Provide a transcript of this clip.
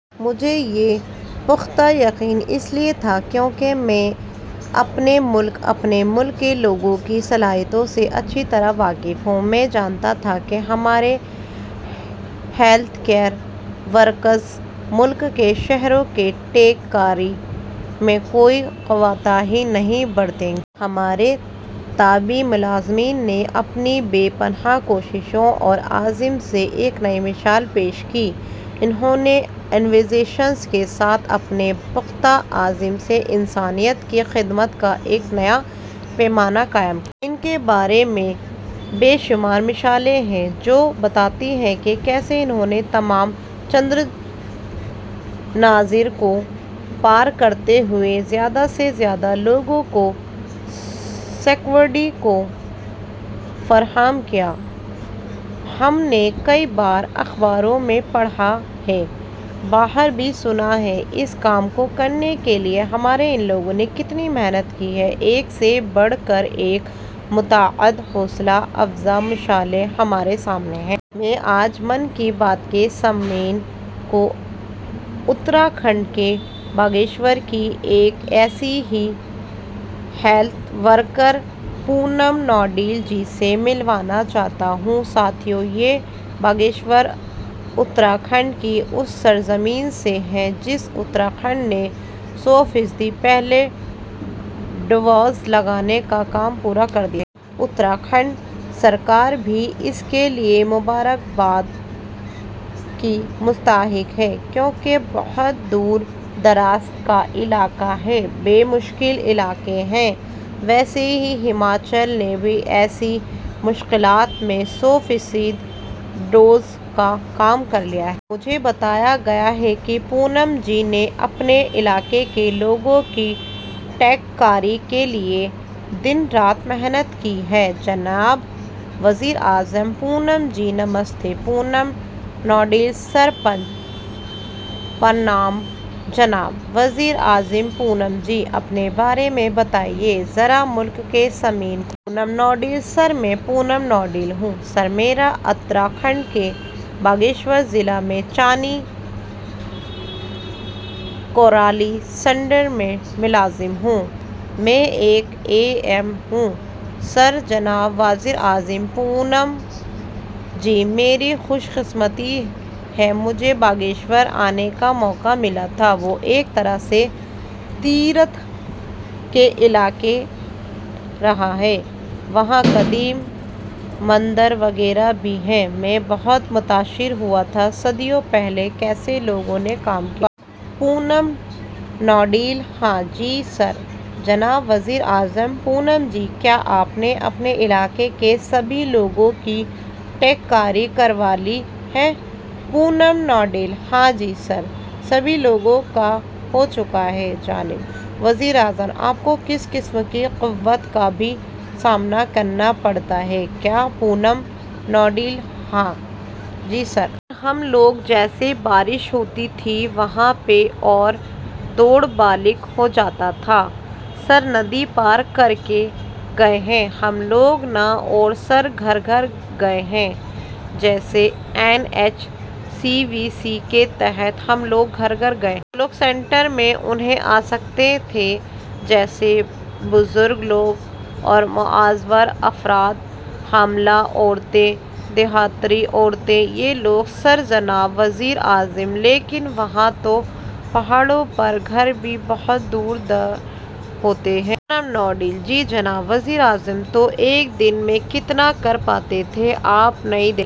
مجھے یہ پختہ یقین اس لیے تھا، کیوں کہ میں اپنے ملک، اپنے ملک کے لوگوں کی صلاحیتوں سے اچھی طرح واقف ہوں۔ میں جانتا تھا کہ ہمارے ہیلتھ کیئر ورکرز ملک کے شہریوں کی ٹیکہ کاری میں کوئی کوتاہی نہیں برتیں گے۔ ہمارے طبی ملازمین نے اپنی بے پناہ کوششوں اور عزم سے ایک نئی مثال پیش کی، انہوں نے انوویشن کے ساتھ اپنے پختہ عزم سے انسانیت کی خدمت کا ایک نیا پیمانہ قائم کیا۔ ان کے بارے میں بے شمار مثالیں ہیں، جو بتاتی ہیں کہ کیسے انہوں نے تمام چیلنجز کو پار کرتے ہوئے زیادہ سے زیادہ لوگوں کو سیکورٹی کور فراہم کیا۔ ہم نے کئی بار اخباروں میں پڑھا ہے، باہر بھی سنا ہے اس کام کو کرنے کے لیے ہمارے ان لوگوں نے کتنی محنت کی ہے، ایک سے بڑھ کر ایک متعدد حوصلہ افزا مثالیں ہمارے سامنے ہیں۔ میں آج 'من کی بات' کے سامعین کو اتراکھنڈ کے باگیشور کی ایک ایسی ہی ہیلتھ ورکر پونم نوٹیال جی سے ملوانا چاہتا ہوں۔ ساتھیو، یہ باگیشور اتراکھنڈ کی اُس سرزمین سے ہے جس اتراکھنڈ نے سو فیصد پہلا ڈوز لگانے کا کام پورا کر دیا ہے۔ اتراکھنڈ سرکار بھی اس کے لیے مبارکباد کی مستحق ہے، کیوں کہ بہت دور دراز کا علاقہ ہے، مشکل علاقہ ہے۔ ویسے ہی، ہماچل نے بھی ایسی مشکلات میں سو فیصد ڈوز کا کام کر لیا ہے۔ مجھے بتایا گیا ہے کہ پونم جی نے اپنے علاقے کے لوگوں کی ٹیکہ کاری کے لیے دن رات محنت کی ہے۔ جناب وزیر اعظم:- پونم جی نمستے۔ پونم نوٹیال:- سر پرنام۔ جناب وزیراعظم:- پونم جی اپنے بارے میں بتائے ذرا ملک کے سامعین کو۔ پونم نوٹیال:- سر میں پونم نوٹیال ہوں۔ سر میں اتراکھنڈ کے باگیشور ضلع میں چانی کورالی سنٹر میں ملازم ہوں۔ میں ایک اے این ایم ہوں سر۔ جناب وزیر اعظم:- پونم جی میری خوش قسمتی ہے مجھے باگیشور آنے کا موقع ملا تھا وہ ایک طرح سے تیرتھ کا علاقہ رہا ہے وہاں قدیم مندر وغیرہ بھی ہیں، میں بہت متاثر ہوا تھا صدیوں پہلے کیسے لوگوں نے کام کیا ہوگا۔ پونم نوٹیال:- ہاں جی سر جناب وزیر اعظم:- پونم جی کیا آپ نے اپنے علاقے کے سبھی لوگوں کی ٹیکہ کاری کروالی ہے۔ پونم نوٹیال:- ہاں جی سر، سبھی لوگوں کا ہو چکا ہے جناب وزیر اعظم:- آپ کو کسی قسم کی دقت کا بھی سامنا کرنا پڑا ہے کیا؟ پونم نوٹیال:- ہاں جی سر۔ سر ہم لوگ جیسے بارش ہوتی تھی وہاں پہ اور روڈ بلاک ہو جاتا تھا۔ سر، ندی پار کرکے گئے ہیں ہم لوگ نا! اور سر گھر گھر گئے ہیں، جیسے N H C V C کے تحت ہم لوگ گھر گھر گئے ہیں۔ جو لوگ سنٹر میں نہیں آ سکتے تھے، جیسے بزرگ لوگ اور معذور افراد، حاملہ عورتیں، دھاتری عورتیں – یہ لوگ سر۔ جناب وزیر اعظم:- لیکن، وہاں تو پہاڑوں پر گھر بھی بہت دور دور ہوتے ہیں۔ پونم نوٹیال:- جی جناب وزیر اعظم:- تو ایک دن میں کتنا کر پاتے تھے آپ! نئی دہلی۔